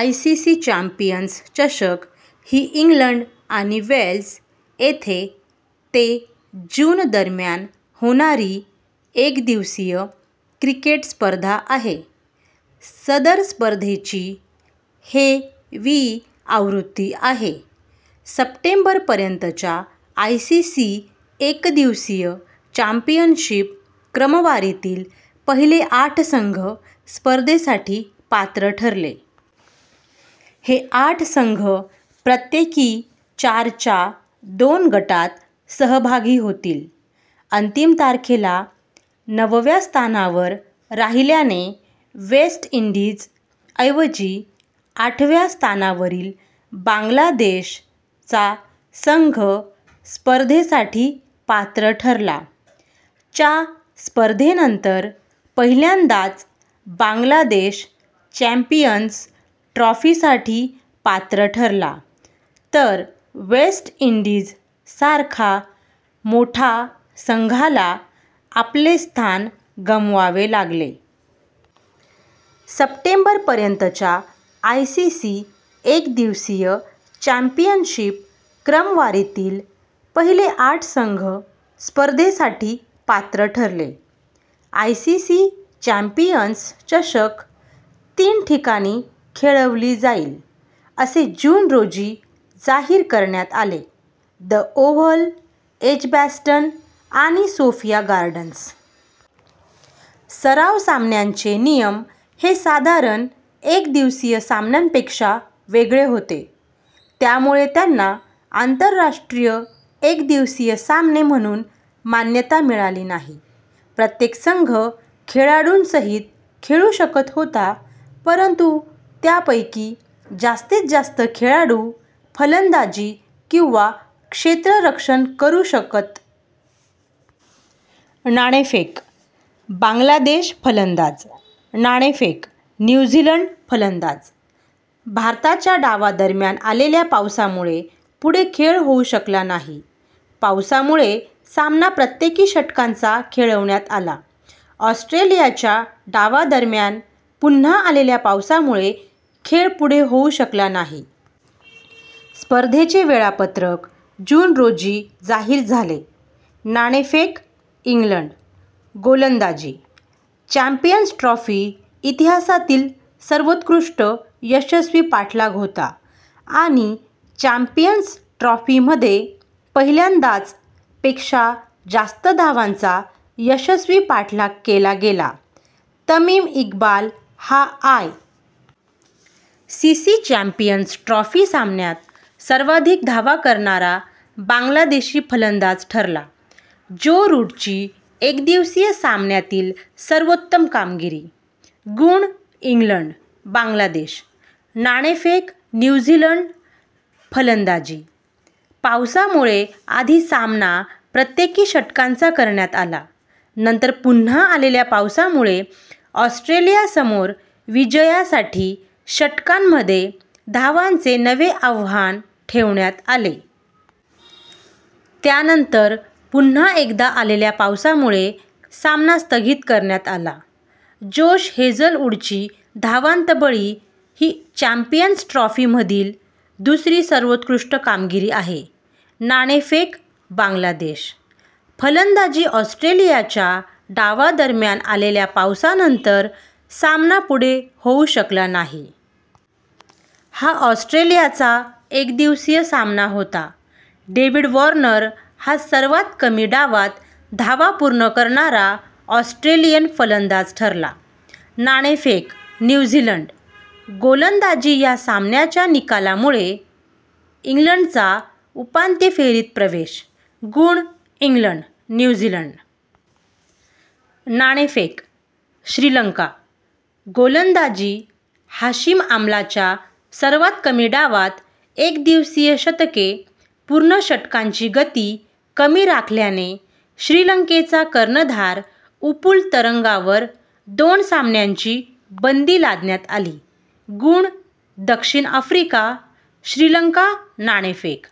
ICC champions चषक ही England आणि वेल्स येथे ते जून दरम्यान होणारी एकदिवसीय क्रिकेट स्पर्धा आहे. सदर स्पर्धेची हे वी आवृत्ती आहे. सप्टेंबर पर्यंतच्या आयसीसी एकदिवसीय चॅम्पियनशिप क्रमवारीतील पहिले आठ संघ स्पर्धेसाठी पात्र ठरले. हे आठ संघ प्रत्येकी चारच्या दोन गटांत सहभागी होतील. अंतिम तारखेला नवव्या स्थानावर राहिल्याने वेस्ट इंडीज ऐवजी आठव्या स्थानावरील बांगलादेश चा संघ स्पर्धेसाठी पात्र ठरला. च्या स्पर्धेनंतर पहिल्यांदाच बांगलादेश चॅम्पियन्स ट्रॉफीसाठी पात्र ठरला, तर वेस्ट इंडीज सारखा मोठा संघाला आपले स्थान गमवावे लागले. सप्टेंबर पर्यंतच्या आयसीसी एकदिवसीय चॅम्पियनशीप क्रमवारीतील पहिले आठ संघ स्पर्धेसाठी पात्र ठरले: आयसीसी चॅम्पियन्स चषक तीन ठिकाणी खेळवली जाईल असे जून रोजी जाहीर करण्यात आले.: द ओव्हल, एजबॅस्टन आणि सोफिया गार्डन्स. सराव सामन्यांचे नियम हे साधारण एकदिवसीय सामन्यांपेक्षा वेगळे होते, त्यामुळे त्यांना आंतरराष्ट्रीय एकदिवसीय सामने म्हणून मान्यता मिळाली नाही. प्रत्येक संघ खेळाडूंसहीत खेळू शकत होता, परंतु त्यापैकी जास्तीत जास्त खेळाडू फलंदाजी किंवा क्षेत्ररक्षण करु शकत. नाणेफेक: बांगलादेश, फलंदाज नाणेफेक: न्यू झीलंड, फलंदाज भारताच्या डावादरम्यान आलेल्या पावसामुळे पुढे खेळ होऊ शकला नाही. पाऊसामुळे सामना प्रत्येकी षटकांचा खेळवण्यात आला. ऑस्ट्रेलियाच्या डावा दरम्यान पुन्हा आलेल्या पावसामुळे खेळ पुढे होऊ शकला नाही. स्पर्धेचे वेळापत्रक जून रोजी जाहीर झाले. नाणेफेक: इंग्लंड, गोलंदाजी चॅम्पियन्स ट्रॉफी इतिहासातील सर्वोत्कृष्ट यशस्वी पाठलाग होता आणि चॅम्पियन्स ट्रॉफी मध्ये पहिल्यांदाच पेक्षा जास्त धावांचा यशस्वी पाठलाग केला गेला. तमिम इक्बाल हा I. C. C. Champions trophy सामन्यात सर्वाधिक धावा करणारा बांगलादेशी फलंदाज ठरला. ज्यो रूटची एकदिवसीय सामन्यातील सर्वोत्तम कामगिरी. गुण: इंग्लंड, बांगलादेश. नाणेफेक: न्यू झीलंड, फलंदाजी पावसामुळे आधी सामना प्रत्येकी षटकांचा करण्यात आला, नंतर पुन्हा आलेल्या पावसामुळे ऑस्ट्रेलियासमोर विजयासाठी षटकांमध्ये धावांचे नवे आव्हान ठेवण्यात आले. त्यानंतर पुन्हा एकदा आलेल्या पावसामुळे सामना स्थगित करण्यात आला. जोश हेजलवूडची धावांत बळी ही चॅम्पियन्स ट्रॉफीमधील दुसरी सर्वोत्कृष्ट कामगिरी आहे. नाणेफेक: बांगलादेश, फलंदाजी ऑस्ट्रेलियाच्या डावादरम्यान आलेल्या पावसानंतर सामना पुढे चालू होवू शकला नाही. हा ऑस्ट्रेलियाचा एकदिवसीय सामना होता. डेव्हिड वॉर्नर हा सर्वात कमी डावांत धावा पूर्ण करणारा ऑस्ट्रेलियन फलंदाज ठरला. नाणेफेक: न्यू झीलंड, गोलंदाजी ह्या सामन्याच्या निकालामुळे इंग्लंडचा उपांत्य फेरीत प्रवेश. गुण: इंग्लंड, न्यू झीलंड. नाणेफेक: श्रीलंका, गोलंदाजी हाशिम आमलाच्या सर्वात कमी डावांत एकदिवसीय शतके पूर्ण षटकांची गती कमी राखल्याने श्रीलंकेचा कर्णधार उपुल तरंगावर दोन सामन्यांची बंदी लादण्यात आली. गुण: दक्षिण आफ्रिका, श्रीलंका नाणेफेक: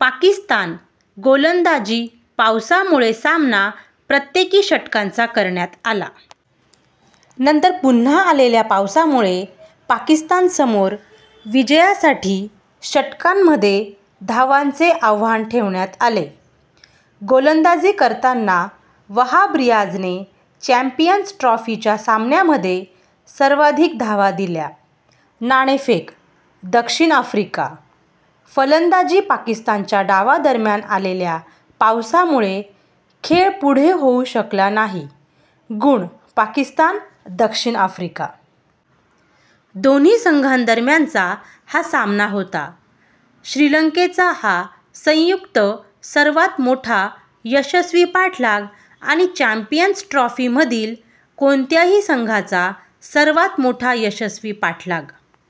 पाकिस्तान, गोलंदाजी पावसामुळे सामना प्रत्येकी षटकांचा करण्यात आला. नंतर पुन्हा आलेल्या पावसामुळे पाकिस्तानसमोर विजयासाठी षटकांमध्ये धावांचे आव्हान ठेवण्यात आले. गोलंदाजी करताना वहाब रियाझने चॅम्पियन्स ट्रॉफीच्या सामन्यामध्ये सर्वाधिक धावा दिल्या. नाणेफेक: दक्षिण आफ्रिका, फलंदाजी पाकिस्तानच्या डावादरम्यान आलेल्या पावसामुळे खेळ पुढे होऊ शकला नाही गुणः पाकिस्तान, दक्षिण आफ्रिका. दोन्ही संघांदरम्यानचा हा सामना होता. श्रीलंकेचा हा संयुक्त सर्वात मोठा यशस्वी पाठलाग आणि चॅम्पियन्स ट्रॉफीमधील कोणत्याही संघाचा सर्वात मोठा यशस्वी पाठलाग.।